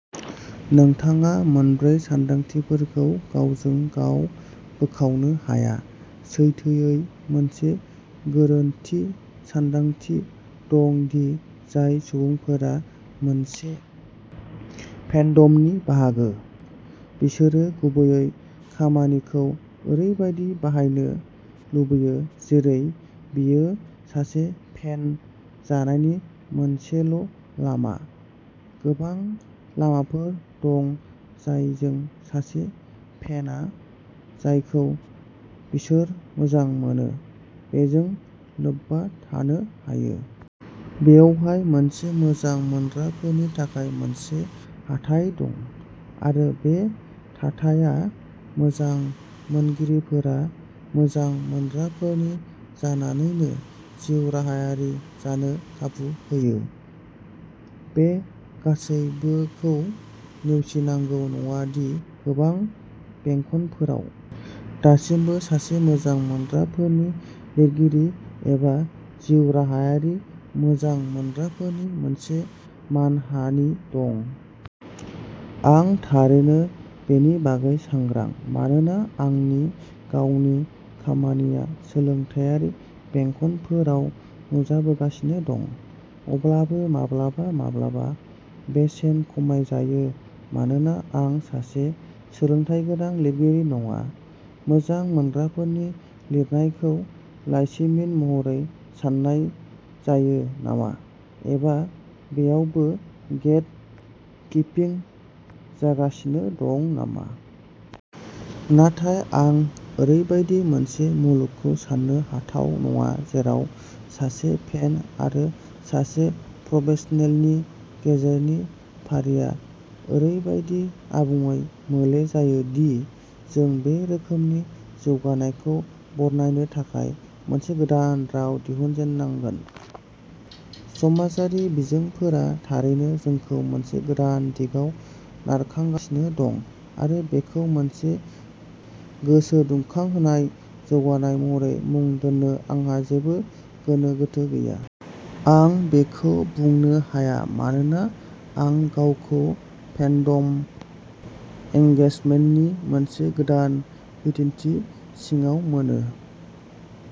नोंथाङा मोन्नै सानदांथिफोरखौ गावजों गाव बोखावनो हाया। सैथोयै, मोनसे गोरोन्थि सानदांथि दं दि जाय सुबुंफोरा मोनसे फेन्डमनि बाहागो, बिसोरो गुबै खामानिखौ ओरैबायदि बाहायनो लुबैयो जेरै बेयो सासे फेन जानायनि मोनसेल'लामा। गोबां लामाफोर दं जायजों सासे फेनआ जायखौ बिसोर मोजां मोनो बेजों लोब्बा थानो हायो। बेवहाय मोनसे मोजां मोनग्राफोरनि थाखाय मोनसे हाथाइ दं आरो बे थाथाया मोजां मोनगिरिफोरा मोजां मोनग्राफोरनि जानानैनो जिउराहायारि जानो खाबु होयो। बे गासैबोखौ नेवसिनांगौ नङा दि गोबां बेंखनफोराव दासिमबो सासे मोजां मोनग्राफोरनि लिरगिरि एबा "जिउराहायारि मोजां मोनग्राफोरनि" मोनसे मानहानि दं। आं थारैनो बेनि बागै सांग्रां, मानोना आंनि गावनि खामानिया सोलोंथायारि बेंखनफोराव नुजाबोगासिनो दं, अब्लाबो माब्लाबा-माब्लाबा बेसेन खमायजायो मानोना आं सासे "सोलोंथायगोनां" लिरगिरि नङा। मोजां मोनग्राफोरनि लिरनायखौ लाइसिमिन महरै सान्नाय जायो नामा, एबा बैयावबो गेट-कीपिं जागासिनो दं नामा? नाथाय आं ओरैबायदि मोनसे मुलुगखौ सान्नो हाथाव नङा जेराव सासे फेन आरो सासे प्रफेसनेलनि गेजेरनि फारिया ओरैबायदि आबुङै मोले जायो दि जों बे रोखोमनि जौगानायखौ बरनायनो थाखाय मोनसे गोदान राव दिहुनजेननांगोन। समाजारि बिजोंफोरा थारैनो जोंखौ मोनसे गोदान दिगाव नारखांगासिनो दं, आरो बेखौ मोनसे गोसोदुंखांहोनाय जौगानाय महरै मुं दोन्नो आंहा जेबो गोनो गोथो गैया। आं बेखौ बुंनो हाया मानोना आं गावखौ फेन्डम एंगेजमेन्टनि मोनसे गोदान बिदिनथि सिङाव मोनो।